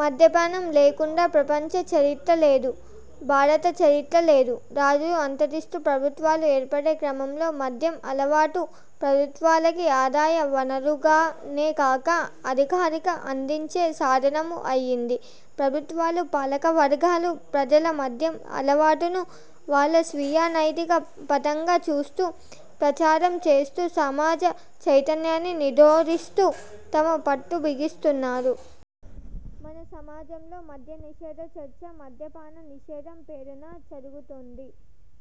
మద్యపానం లేకుండా ప్రపంచ చరిత్ర లేదు. భారత చరిత్రా లేదు. రాజులు అంతరిస్తూ ప్రభుత్వాలు ఏర్పడే క్రమంలో మద్యం అలవాటు ప్రభుత్వాలకి ఆదాయ వనరుగానేకాక అధికారిక అందించే సాధనమూ అయింది. ప్రభుత్వాలు, పాలకవర్గాలు ప్రజల మద్యం అలవాటును వాళ్ళ స్వీయ, నైతిక పతంగా చూస్తూ, ప్రచారం చేస్తూ, సమాజ చైతన్యాన్ని నిరోధిస్తూ తమ పట్టు బిగిస్తున్నారు. మన సమాజంలో 'మద్యనిషేధ' చర్చ 'మద్యపాన నిషేధం' పేరున జరుగుతోంది.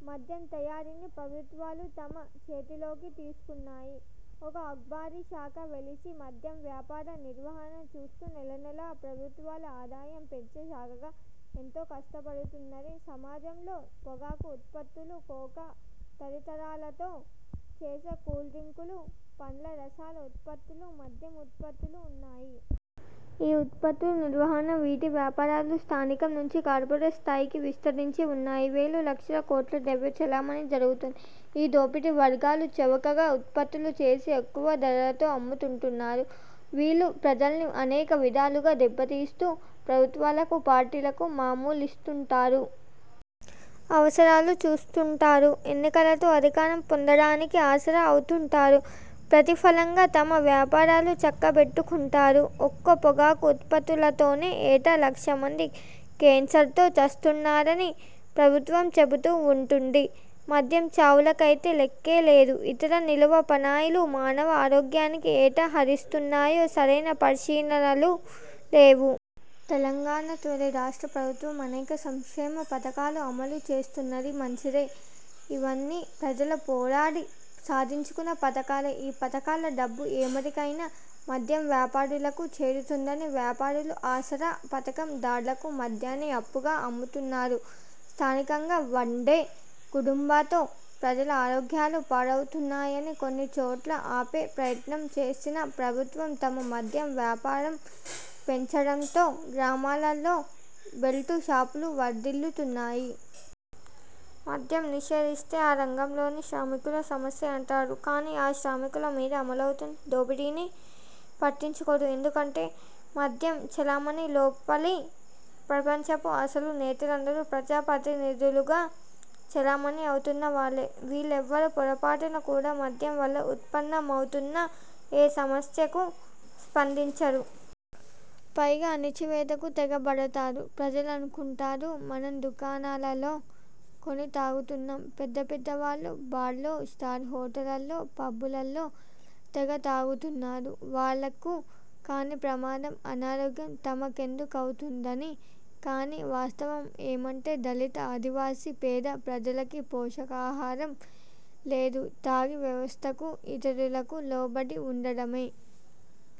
మద్యం తయారీని ప్రభుత్వాలు తమ చేతిలోకి తీసుకున్నాయి. ఒక ఆబ్కారీ శాఖ వెలిసి మద్యం వ్యాపార నిర్వహణ చూస్తూ నెలనెలా ప్రభుత్వాల ఆదాయం పెంచే శాఖగా ఎంతో కష్టపడుతున్నది. సమాజంలో పొగాకు ఉత్పత్తులు, కోకా తదితరాలతో చేసే కూల్ డ్రింకులు, పండ్ల రసాల ఉత్పత్తులు, మద్యం ఉత్పత్తులు ఉన్నాయి. ఈ ఉత్పత్తుల నిర్వహణ, వీటి వ్యాపారాలు స్థానికం నుంచి కార్పొరేట్ స్థాయికి విస్తరించి వున్నాయి. వేలు, లక్షల కోట్ల ద్రవ్య చలామణి జరుగుతోంది. ఈ దోపిడీ వర్గాలు చవకగా ఉత్పత్తులు చేసి ఎక్కువ ధరలతో అమ్ముతుంటారు. వీళ్ళు ప్రజల్ని అనేక విధాలుగా దెబ్బతీస్తూ ప్రభుత్వాలకు పార్టీలకు మామూళ్ళిస్తుంటారు. అవసరాలు చూస్తుంటారు. ఎన్నికలతో అధికారం పొందడానికి ఆసరా అవుతుంటారు. ప్రతిఫలంగా తమ వ్యాపారాలు చక్కబెట్టుకుంటారు. ఒక్క పొగాకు ఉత్పత్తులతోనే ఏటా లక్షమంది కేన్సర్తో చస్తున్నారని ప్రభుత్వం చెబుతూ వుంటుంది. మద్యం చావులకైతే లెక్కే లేదు. ఇతర నిలువ పానీయాలు మానవ ఆరోగ్యాన్ని ఎట్లా హరిస్తున్నాయో సరైన పరిశీనలు లేవు. తెలంగాణ తొలి రాష్ట్ర ప్రభుత్వం అనేక సంక్షేమ పథకాలు అమలు చేస్తున్నది. మంచిదే; ఇవన్నీ ప్రజలు పోరాడి సాధించుకున్న పథకాలే. ఈ పథకాల డబ్బు ఏమేరకైనా మద్యం వ్యాపారులకు చేరుతున్నది. వ్యాపారులు ఆసరా పథకం దార్లకు మద్యాన్ని అప్పుగా అమ్ముతున్నారు. స్థానికంగా వండే గుడుంబాతో ప్రజల ఆరోగ్యాలు పాడవుతున్నాయని కొన్ని చోట్ల ఆపే ప్రయత్నం చేసిన ప్రభుత్వం తన మద్యం వ్యాపారం పెంచటంతో గ్రామాలలో బెల్టు షాపులు వర్ధిల్లుతున్నాయి. మద్యం నిషేధిస్తే ఆ రంగంలోకి శ్రామికుల సమస్య అంటారు. కానీ ఆ శ్రామికుల మీద అమలవుతున్న దోపిడీని పట్టించుకోరు. ఎందుకంటే మద్యం చలామణి లోపలి ప్రపంచపు అసలు నేతలందరూ ప్రజాప్రతినిధులుగా చలామణి అవుతున్న వాళ్ళే. వీళ్ళెవ్వరూ పొరపాటున కూడా మద్యం వల్ల ఉత్పన్నమవుతున్న ఏ సమ స్యకూ స్పందించరు. పైగా అణచివేతకు తెగబడతారు. ప్రజలనుకుంటారు 'మనం దుకాణాలలో కొని తాగుతున్నాం. పెద్ద పెద్ద వాళ్ళు బార్లలో, స్టార్ హోటళ్ళలో పబ్బులలో తెగ తాగుతున్నారు. వాళ్ళకు కాని ప్రమాదం, అనారోగ్యం తమకెందుకవుతుందని'. కానీ వాస్తవం ఏమంటే దళిత, ఆదివాసీ, పేద ప్రజలకి పోషకాహారం లేదు. తాగి వ్యవస్థకు, ఇతరులకు లోబడి వుండడమే.